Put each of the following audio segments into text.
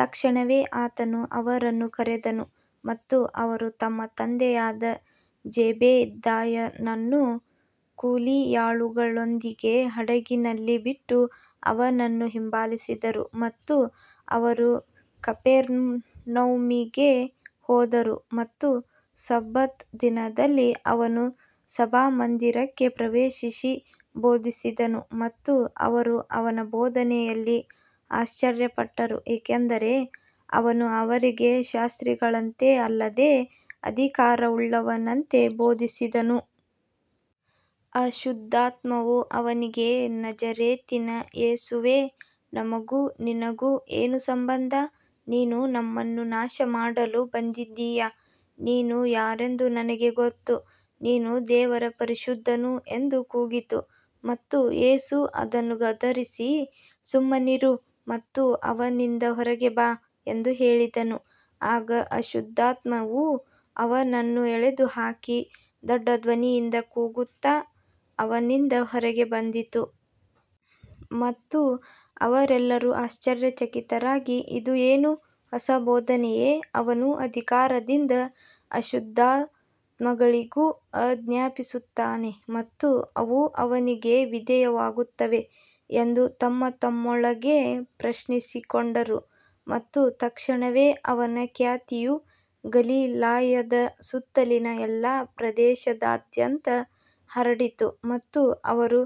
ತಕ್ಷಣವೇ ಆತನು ಅವರನ್ನು ಕರೆದನು ಮತ್ತು ಅವರು ತಮ್ಮ ತಂದೆಯಾದ ಜೆಬೆದಾಯನನ್ನು ಕೂಲಿಯಾಳುಗಳೊಂದಿಗೆ ಹಡಗಿನಲ್ಲಿ ಬಿಟ್ಟು ಅವನನ್ನು ಹಿಂಬಾಲಿಸಿದರು. ಮತ್ತು ಅವರು ಕಪೆರ್ನೌಮಿಗೆ ಹೋದರು ಮತ್ತು ಸಬ್ಬತ್ ದಿನದಲ್ಲಿ ಅವನು ಸಭಾಮಂದಿರಕ್ಕೆ ಪ್ರವೇಶಿಸಿ ಬೋಧಿಸಿದನು. ಮತ್ತು ಅವರು ಅವನ ಬೋಧನೆಯಲ್ಲಿ ಆಶ್ಚರ್ಯಪಟ್ಟರು, ಏಕೆಂದರೆ ಅವನು ಅವರಿಗೆ ಶಾಸ್ತ್ರಿಗಳಂತೆ ಅಲ್ಲದೆ ಅಧಿಕಾರವುಳ್ಳವನಂತೆ ಬೋಧಿಸಿದನು. ಅಶುದ್ಧಾತ್ಮವು ಅವನಿಗೆ, ನಜರೇತಿನ ಯೇಸುವೇ, ನಮಗೂ ನಿನಗೂ ಏನು ಸಂಬಂಧ, ನೀನು ನಮ್ಮನ್ನು ನಾಶಮಾಡಲು ಬಂದಿದ್ದೀಯಾ, ನೀನು ಯಾರೆಂದು ನನಗೆ ಗೊತ್ತು, ನೀನು ದೇವರ ಪರಿಶುದ್ಧನು ಎಂದು ಕೂಗಿತು. ಮತ್ತು ಯೇಸು ಅದನ್ನು ಗದರಿಸಿ, ಸುಮ್ಮನಿರು ಮತ್ತು ಅವನಿಂದ ಹೊರಗೆ ಬಾ ಎಂದು ಹೇಳಿದನು. ಆಗ ಅಶುದ್ಧಾತ್ಮವು ಅವನನ್ನು ಎಳೆದು ಹಾಕಿ ದೊಡ್ಡ ಧ್ವನಿಯಿಂದ ಕೂಗುತ್ತಾ ಅವನಿಂದ ಹೊರಗೆ ಬಂದಿತು. ಮತ್ತು ಅವರೆಲ್ಲರೂ ಆಶ್ಚರ್ಯಚಕಿತರಾಗಿ, ಇದು ಏನು, ಹೊಸ ಬೋಧನೆಯೇ, ಅವನು ಅಧಿಕಾರದಿಂದ ಅಶುದ್ಧಾತ್ಮಗಳಿಗೂ ಆಜ್ಞಾಪಿಸುತ್ತಾನೆ ಮತ್ತು ಅವು ಅವನಿಗೆ ವಿಧೇಯವಾಗುತ್ತವೆ ಎಂದು ತಮ್ಮತಮ್ಮೊಳಗೆ ಪ್ರಶ್ನಿಸಿಕೊಂಡರು. ಮತ್ತು ತಕ್ಷಣವೇ ಅವನ ಖ್ಯಾತಿಯು ಗಲಿಲಾಯದ ಸುತ್ತಲಿನ ಎಲ್ಲಾ ಪ್ರದೇಶದಾದ್ಯಂತ ಹರಡಿತು. ಮತ್ತು ಅವರು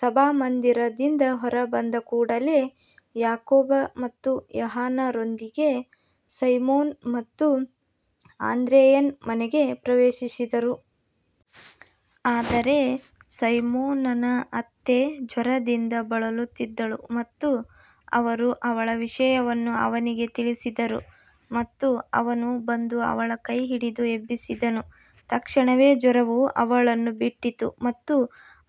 ಸಭಾಮಂದಿರದಿಂದ ಹೊರಬಂದ ಕೂಡಲೇ ಯಾಕೋಬ ಮತ್ತು ಯೋಹಾನರೊಂದಿಗೆ ಸೈಮೋನ ಮತ್ತು ಆಂದ್ರೆಯನ ಮನೆಗೆ ಪ್ರವೇಶಿಸಿದರು. ಆದರೆ ಸೈಮೋನನ ಅತ್ತೆ ಜ್ವರದಿಂದ ಬಳಲುತ್ತಿದ್ದಳು ಮತ್ತು ಅವರು ಅವಳ ವಿಷಯವನ್ನು ಅವನಿಗೆ ತಿಳಿಸಿದರು. ಮತ್ತು ಅವನು ಬಂದು ಅವಳ ಕೈಹಿಡಿದು ಎಬ್ಬಿಸಿದನು, ತಕ್ಷಣವೇ ಜ್ವರವು ಅವಳನ್ನು ಬಿಟ್ಟಿತು ಮತ್ತು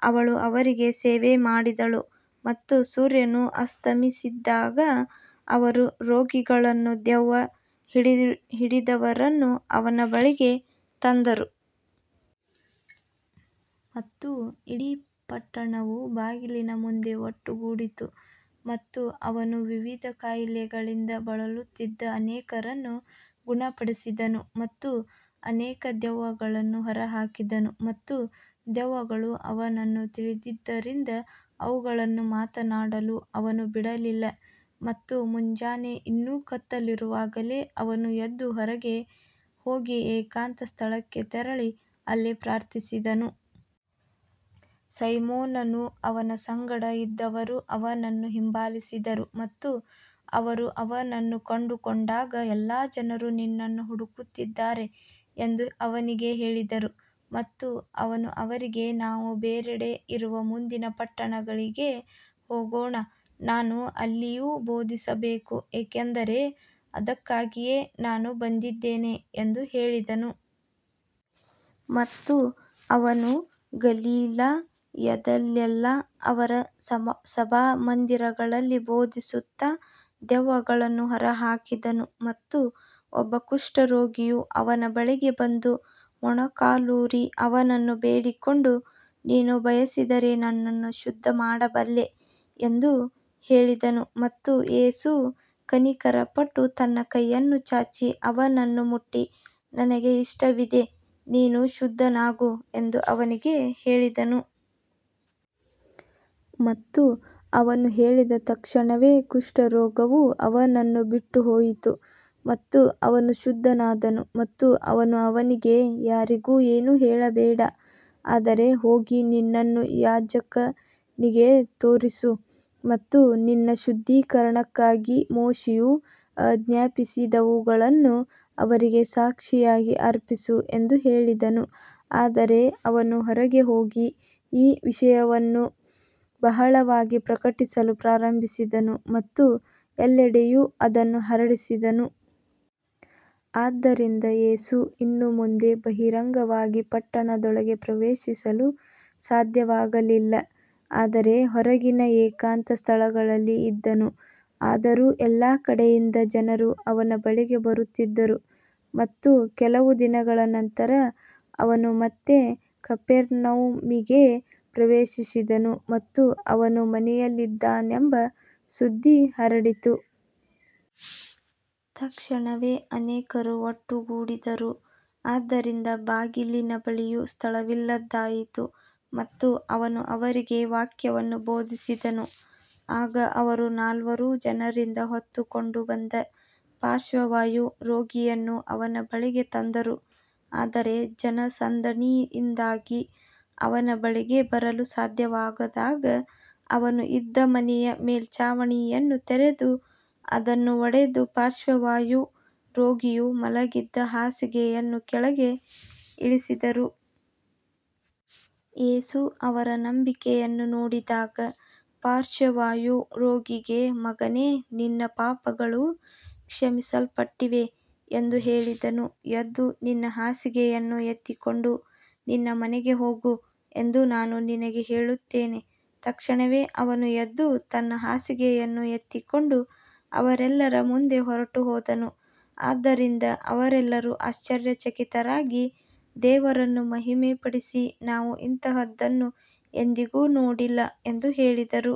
ಅವಳು ಅವರಿಗೆ ಸೇವೆ ಮಾಡಿದಳು. ಮತ್ತು ಸೂರ್ಯನು ಅಸ್ತಮಿಸಿದಾಗ ಅವರು ರೋಗಿಗಳನ್ನೂ ದೆವ್ವ ಹಿಡಿದವರನ್ನೂ ಅವನ ಬಳಿಗೆ ತಂದರು. ಮತ್ತು ಇಡೀ ಪಟ್ಟಣವು ಬಾಗಿಲಿನ ಮುಂದೆ ಒಟ್ಟುಗೂಡಿತು. ಮತ್ತು ಅವನು ವಿವಿಧ ಕಾಯಿಲೆಗಳಿಂದ ಬಳಲುತ್ತಿದ್ದ ಅನೇಕರನ್ನು ಗುಣಪಡಿಸಿದನು ಮತ್ತು ಅನೇಕ ದೆವ್ವಗಳನ್ನು ಹೊರಹಾಕಿದನು. ಮತ್ತು ದೆವ್ವಗಳು ಅವನನ್ನು ತಿಳಿದಿದ್ದರಿಂದ ಅವುಗಳನ್ನು ಮಾತನಾಡಲು ಅವನು ಬಿಡಲಿಲ್ಲ. ಮತ್ತು ಮುಂಜಾನೆ ಇನ್ನೂ ಕತ್ತಲಿರುವಾಗಲೇ ಅವನು ಎದ್ದು ಹೊರಗೆ ಹೋಗಿ ಏಕಾಂತ ಸ್ಥಳಕ್ಕೆ ತೆರಳಿ ಅಲ್ಲಿ ಪ್ರಾರ್ಥಿಸಿದನು. ಸೈಮೋನನೂ ಅವನ ಸಂಗಡ ಇದ್ದವರೂ ಅವನನ್ನು ಹಿಂಬಾಲಿಸಿದರು. ಮತ್ತು ಅವರು ಅವನನ್ನು ಕಂಡುಕೊಂಡಾಗ, ಎಲ್ಲಾ ಜನರು ನಿನ್ನನ್ನು ಹುಡುಕುತ್ತಿದ್ದಾರೆ ಎಂದು ಅವನಿಗೆ ಹೇಳಿದರು. ಮತ್ತು ಅವನು ಅವರಿಗೆ, ನಾವು ಬೇರೆಡೆ ಇರುವ ಮುಂದಿನ ಪಟ್ಟಣಗಳಿಗೆ ಹೋಗೋಣ, ನಾನು ಅಲ್ಲಿಯೂ ಬೋಧಿಸಬೇಕು, ಏಕೆಂದರೆ ಅದಕ್ಕಾಗಿಯೇ ನಾನು ಬಂದಿದ್ದೇನೆ ಎಂದು ಹೇಳಿದನು. ಮತ್ತು ಅವನು ಗಲಿಲಾಯದಲ್ಲೆಲ್ಲಾ ಅವರ ಸಭಾಮಂದಿರಗಳಲ್ಲಿ ಬೋಧಿಸುತ್ತಾ ದೆವ್ವಗಳನ್ನು ಹೊರಹಾಕಿದನು. ಮತ್ತು ಒಬ್ಬ ಕುಷ್ಠರೋಗಿಯು ಅವನ ಬಳಿಗೆ ಬಂದು, ಮೊಣಕಾಲೂರಿ ಅವನನ್ನು ಬೇಡಿಕೊಂಡು, ನೀನು ಬಯಸಿದರೆ ನನ್ನನ್ನು ಶುದ್ಧಮಾಡಬಲ್ಲೆ ಎಂದು ಹೇಳಿದನು. ಮತ್ತು ಯೇಸು ಕನಿಕರಪಟ್ಟು ತನ್ನ ಕೈಯನ್ನು ಚಾಚಿ ಅವನನ್ನು ಮುಟ್ಟಿ, ನನಗೆ ಇಷ್ಟವಿದೆ, ನೀನು ಶುದ್ಧನಾಗು ಎಂದು ಅವನಿಗೆ ಹೇಳಿದನು. ಮತ್ತು ಅವನು ಹೇಳಿದ ತಕ್ಷಣವೇ ಕುಷ್ಠರೋಗವು ಅವನನ್ನು ಬಿಟ್ಟುಹೋಯಿತು ಮತ್ತು ಅವನು ಶುದ್ಧನಾದನು. ಮತ್ತು ಅವನು ಅವನಿಗೆ, ಯಾರಿಗೂ ಏನೂ ಹೇಳಬೇಡ, ಆದರೆ ಹೋಗಿ ನಿನ್ನನ್ನು ಯಾಜಕನಿಗೆ ತೋರಿಸು ಮತ್ತು ನಿನ್ನ ಶುದ್ಧೀಕರಣಕ್ಕಾಗಿ ಮೋಶೆಯು ಆಜ್ಞಾಪಿಸಿದವುಗಳನ್ನು ಅವರಿಗೆ ಸಾಕ್ಷಿಯಾಗಿ ಅರ್ಪಿಸು ಎಂದು ಹೇಳಿದನು. ಆದರೆ ಅವನು ಹೊರಗೆ ಹೋಗಿ ಈ ವಿಷಯವನ್ನು ಬಹಳವಾಗಿ ಪ್ರಕಟಿಸಲು ಪ್ರಾರಂಭಿಸಿದನು ಮತ್ತು ಎಲ್ಲೆಡೆಯೂ ಅದನ್ನು ಹರಡಿಸಿದನು. ಆದ್ದರಿಂದ ಯೇಸು ಇನ್ನು ಮುಂದೆ ಬಹಿರಂಗವಾಗಿ ಪಟ್ಟಣದೊಳಗೆ ಪ್ರವೇಶಿಸಲು ಸಾಧ್ಯವಾಗಲಿಲ್ಲ, ಆದರೆ ಹೊರಗಿನ ಏಕಾಂತ ಸ್ಥಳಗಳಲ್ಲಿ ಇದ್ದನು. ಆದರೂ ಎಲ್ಲಾ ಕಡೆಯಿಂದ ಜನರು ಅವನ ಬಳಿಗೆ ಬರುತ್ತಿದ್ದರು. ಮತ್ತು ಕೆಲವು ದಿನಗಳ ನಂತರ ಅವನು ಮತ್ತೆ ಕಪೆರ್ನೌಮಿಗೆ ಪ್ರವೇಶಿಸಿದನು ಮತ್ತು ಅವನು ಮನೆಯಲ್ಲಿದ್ದಾನೆಂಬ ಸುದ್ದಿ ಹರಡಿತು. ತಕ್ಷಣವೇ ಅನೇಕರು ಒಟ್ಟುಗೂಡಿದರು, ಆದ್ದರಿಂದ ಬಾಗಿಲಿನ ಬಳಿಯೂ ಸ್ಥಳವಿಲ್ಲದಾಯಿತು, ಮತ್ತು ಅವನು ಅವರಿಗೆ ವಾಕ್ಯವನ್ನು ಬೋಧಿಸಿದನು. ಆಗ ಅವರು ನಾಲ್ವರು ಜನರಿಂದ ಹೊತ್ತುಕೊಂಡು ಬಂದ ಪಾರ್ಶ್ವವಾಯು ರೋಗಿಯನ್ನು ಅವನ ಬಳಿಗೆ ತಂದರು. ಆದರೆ ಜನಸಂದಣಿಯಿಂದಾಗಿ ಅವನ ಬಳಿಗೆ ಬರಲು ಸಾಧ್ಯವಾಗದಾಗ, ಅವನು ಇದ್ದ ಮನೆಯ ಮೇಲ್ಛಾವಣಿಯನ್ನು ತೆರೆದು, ಅದನ್ನು ಒಡೆದು, ಪಾರ್ಶ್ವವಾಯು ರೋಗಿಯು ಮಲಗಿದ್ದ ಹಾಸಿಗೆಯನ್ನು ಕೆಳಗೆ ಇಳಿಸಿದರು. ಯೇಸು ಅವರ ನಂಬಿಕೆಯನ್ನು ನೋಡಿದಾಗ ಪಾರ್ಶ್ವವಾಯು ರೋಗಿಗೆ, ಮಗನೇ, ನಿನ್ನ ಪಾಪಗಳು ಕ್ಷಮಿಸಲ್ಪಟ್ಟಿವೆ ಎಂದು ಹೇಳಿದನು. ಎದ್ದು ನಿನ್ನ ಹಾಸಿಗೆಯನ್ನು ಎತ್ತಿಕೊಂಡು ನಿನ್ನ ಮನೆಗೆ ಹೋಗು ಎಂದು ನಾನು ನಿನಗೆ ಹೇಳುತ್ತೇನೆ. ತಕ್ಷಣವೇ ಅವನು ಎದ್ದು ತನ್ನ ಹಾಸಿಗೆಯನ್ನು ಎತ್ತಿಕೊಂಡು ಅವರೆಲ್ಲರ ಮುಂದೆ ಹೊರಟುಹೋದನು. ಆದ್ದರಿಂದ ಅವರೆಲ್ಲರೂ ಆಶ್ಚರ್ಯಚಕಿತರಾಗಿ ದೇವರನ್ನು ಮಹಿಮೆಪಡಿಸಿ, ನಾವು ಇಂತಹದನ್ನು ಎಂದಿಗೂ ನೋಡಿಲ್ಲ ಎಂದು ಹೇಳಿದರು.